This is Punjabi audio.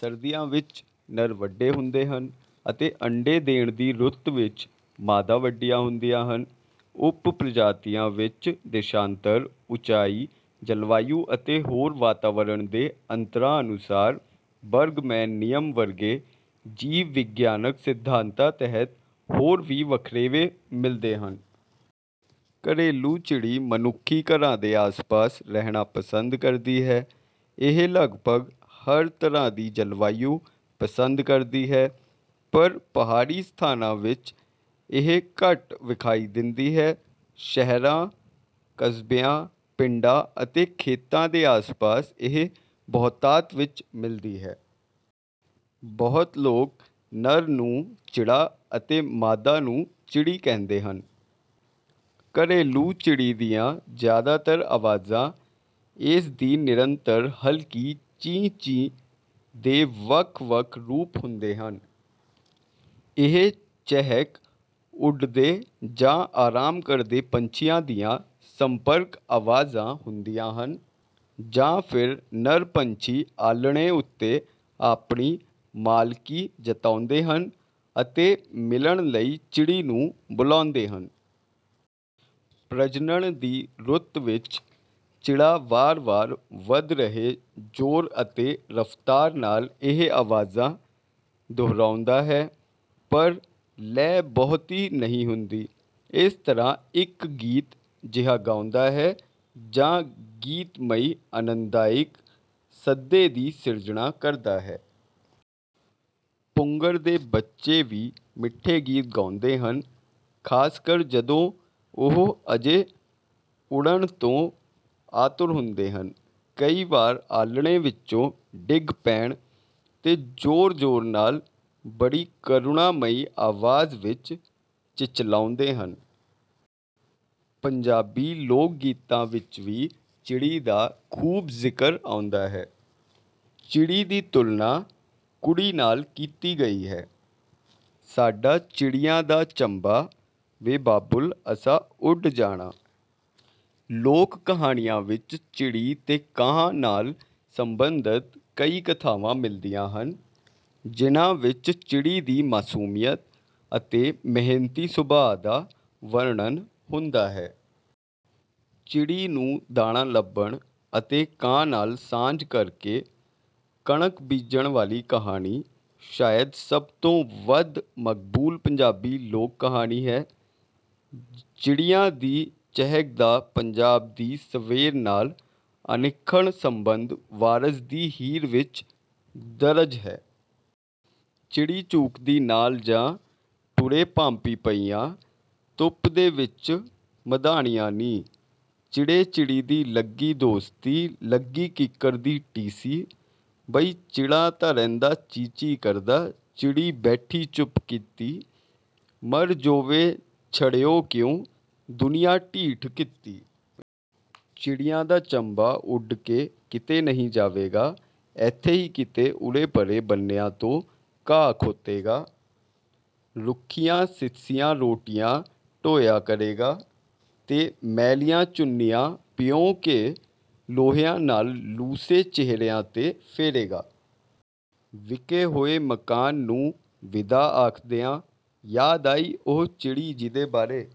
ਸਰਦੀਆਂ ਵਿੱਚ ਨਰ ਵੱਡੇ ਹੁੰਦੇ ਹਨ ਅਤੇ ਅੰਡੇ ਦੇਣ ਦੀ ਰੁੱਤ ਵਿੱਚ ਮਾਦਾ ਵੱਡੀਆਂ ਹੁੰਦੀਆਂ ਹਨ। ਉੱਪ ਪ੍ਰਜਾਤੀਆਂ ਵਿੱਚ ਦੇਸ਼ਾਂਤਰ, ਉੱਚਾਈ, ਜਲਵਾਯੂ ਅਤੇ ਹੋਰ ਵਾਤਾਵਰਨ ਦੇ ਅੰਤਰਾਂ ਅਨੁਸਾਰ ਬਰਗਮੈਨ ਨਿਯਮ ਵਰਗੇ ਜੀਵ-ਵਿਗਿਆਨਕ ਸਿਧਾਂਤਾਂ ਤਹਿਤ ਹੋਰ ਵੀ ਵਖਰੇਵੇਂ ਮਿਲਦੇ ਹਨ। ਘਰੇਲੂ ਚਿੜੀ ਮਨੁੱਖੀ ਘਰਾਂ ਦੇ ਆਸਪਾਸ ਰਹਿਣਾ ਪਸੰਦ ਕਰਦੀ ਹੈ। ਇਹ ਲਗਪਗ ਹਰ ਤਰ੍ਹਾਂ ਦੀ ਜਲਵਾਯੂ ਪਸੰਦ ਕਰਦੀ ਹੈ ਪਰ ਪਹਾੜੀ ਸਥਾਨਾਂ ਵਿੱਚ ਇਹ ਘੱਟ ਵਿਖਾਈ ਦਿੰਦੀ ਹੈ। ਸ਼ਹਿਰਾਂ, ਕਸਬਿਆਂ, ਪਿੰਡਾਂ ਅਤੇ ਖੇਤਾਂ ਦੇ ਆਸਪਾਸ ਇਹ ਬਹੁਤਾਤ ਵਿੱਚ ਮਿਲਦੀ ਹੈ। ਬਹੁਤ ਲੋਕ ਨਰ ਨੂੰ ਚਿੜਾ ਅਤੇ ਮਾਦਾ ਨੂੰ ਚਿੜੀ ਕਹਿੰਦੇ ਹਨ। ਘਰੇਲੂ ਚਿੜੀ ਦੀਆਂ ਜਿਆਦਾਤਰ ਆਵਾਜ਼ਾਂ ਇਸ ਦੀ ਨਿਰੰਤਰ ਹਲਕੀ ਚੀਂ-ਚੀਂ ਦੇ ਵੱਖ ਵੱਖ ਰੂਪ ਹੁੰਦੇ ਹਨ। ਇਹ ਚਹਿਕ ਉਡਦੇ ਜਾਂ ਆਰਾਮ ਕਰਦੇ ਪੰਛੀਆਂ ਦੀਆਂ ਸੰਪਰਕ ਆਵਾਜ਼ਾਂ ਹੁੰਦੀਆਂ ਹਨ ਜਾਂ ਫਿਰ ਨਰ ਪੰਛੀ ਆਲ੍ਹਣੇ ਉੱਤੇ ਆਪਣੀ ਮਾਲਕੀ ਜਤਾਉਂਦੇ ਹਨ ਅਤੇ ਮਿਲਣ ਲਈ ਚਿੜੀ ਨੂੰ ਬੁਲਾਉਂਦੇ ਹਨ। ਪ੍ਰਜਨਣ ਦੀ ਰੁੱਤ ਵਿੱਚ ਚਿੜਾ ਵਾਰ ਵਾਰ ਵਧ ਰਹੇ ਜੋਰ ਅਤੇ ਰਫ਼ਤਾਰ ਨਾਲ ਇਹ ਆਵਾਜ਼ਾਂ ਦੁਹਰਾਉਂਦਾ ਹੈ ਪਰ ਲੈਅ ਬਹੁਤੀ ਨਹੀਂ ਹੁੰਦੀ। ਇਸ ਤਰ੍ਹਾਂ ਇੱਕ ਗੀਤ ਜਿਹਾ ਗਾਉਂਦਾ ਹੈ ਜਾਂ ਗੀਤਮਈ ਅਨੰਦਾਇਕ ਸੱਦੇ ਦੀ ਸਿਰਜਣਾ ਕਰਦਾ ਹੈ। ਪੁੰਗਰਦੇ ਬੱਚੇ ਵੀ ਮਿੱਠੇ ਗੀਤ ਗਾਉਂਦੇ ਹਨ ਖਾਸ ਕਰ ਜਦੋਂ ਉਹ ਅਜੇ ਉਡਣ ਤੋਂ ਆਤੁਰ ਹੁੰਦੇ ਹਨ। ਕਈ ਵਾਰ ਆਲ੍ਹਣੇ ਵਿੱਚੋਂ ਡਿੱਗ ਪੈਣ ਤੇ ਜੋਰ ਜੋਰ ਨਾਲ ਬੜੀ ਕਰੁਣਾਮਈ ਆਵਾਜ਼ ਵਿੱਚ ਚਿਚਲਾਉਂਦੇ ਹਨ। ਪੰਜਾਬੀ ਲੋਕ ਗੀਤਾਂ ਵਿੱਚ ਵੀ ਚਿੜੀ ਦਾ ਖੂਬ ਜ਼ਿਕਰ ਆਉਂਦਾ ਹੈ। ਚਿੜੀ ਦੀ ਤੁਲਨਾ ਕੁੜੀ ਨਾਲ ਕੀਤੀ ਗਈ ਹੈ। ਸਾਡਾ ਚਿੜੀਆਂ ਦਾ ਚੰਬਾ ਵੇ ਬਾਬੁਲ ਅਸਾਂ ਉੱਡ ਜਾਣਾ। ਲੋਕ ਕਹਾਣੀਆਂ ਵਿੱਚ ਚਿੜੀ ਤੇ ਕਾਂ ਨਾਲ ਸਬੰਧਤ ਕਈ ਕਥਾਵਾਂ ਮਿਲਦੀਆਂ ਹਨ ਜਿਹਨਾਂ ਵਿੱਚ ਚਿੜੀ ਦੀ ਮਾਸੂਮੀਅਤ ਅਤੇ ਮਿਹਨਤੀ ਸੁਭਾ ਦਾ ਵਰਣਨ ਹੁੰਦਾ ਹੈ। ਚਿੜੀ ਨੂੰ ਦਾਣਾ ਲੱਭਣਾ ਅਤੇ ਕਾਂ ਨਾਲ ਸਾਂਝ ਕਰ ਕੇ ਕਣਕ ਬੀਜਣ ਵਾਲੀ ਕਹਾਣੀ ਸ਼ਾਇਦ ਸਭ ਤੋਂ ਵੱਧ ਮਕਬੂਲ ਪੰਜਾਬੀ ਲੋਕ ਕਹਾਣੀ ਹੈ। ਚਿੜੀਆਂ ਦੀ ਚਹਿਕ ਦਾ ਪੰਜਾਬ ਦੀ ਸਵੇਰ ਨਾਲ ਅਨਿੱਖੜ ਸੰਬੰਧ ਵਾਰਸ ਦੀ ਹੀਰ ਵਿੱਚ ਦਰਜ ਹੈ। ਚਿੜੀ ਚੂਕਦੀ ਨਾਲ ਜਾਂ ਟੁਰੇ ਪਾਂਧੀ ਪਈਆਂ ਦੁੱਧ ਦੇ ਵਿੱਚ ਮਧਾਣੀਆਂ ਨੀ। ਚਿੜੇ ਚਿੜੀ ਦੀ ਲੱਗੀ ਦੋਸਤੀ ਲੱਗੀ ਕਿੱਕਰ ਦੀ ਟੀਸੀ। ਬਈ ਚਿੜਾ ਤਾਂ ਰਹਿੰਦਾ ਚੀ-ਚੀ ਕਰਦਾ ਚਿੜੀ ਬੈਠੀ ਚੁੱਪ ਕੀਤੀ। ਮਰ ਜੋ ਵੇ ਛੜਿਉ ਕਿਉਂ ਦੁਨੀਆਂ ਢੀਠ ਕੀਤੀ। ਚਿੜੀਆਂ ਦਾ ਚੰਬਾ ਉੱਡ ਕੇ ਕਿਤੇ ਨਹੀਂ ਜਾਵੇਗਾ। ਐਥੇ ਹੀ ਕਿਤੇ ਉਰੇ ਪਰੇ ਬੰਨਿਆਂ ਤੋਂ ਘਾਹ ਖੋਤੇਗਾ। ਰੁੱਖੀਆਂ ਮਿੱਸੀਆਂ ਰੋਟੀਆਂ ਢੋਇਆ ਕਰੇਗਾ ਤੇ ਮੈਲੀਆਂ ਚੁੰਨੀਆਂ ਭਿਉਂ ਕੇ ਲੋਹਿਆਂ ਨਾਲ ਲੂਸੇ ਚਿਹਰਿਆਂ ਤੇ ਫੇਰੇਗਾ। ਵਿਕੇ ਹੋਏ ਮਕਾਨ ਨੂੰ ਵਿਦਾ ਆਖਦਿਆਂ ਯਾਦ ਆਈ ਉਹ ਚਿੜੀ ਜਿਹਦੇ ਬਾਰੇ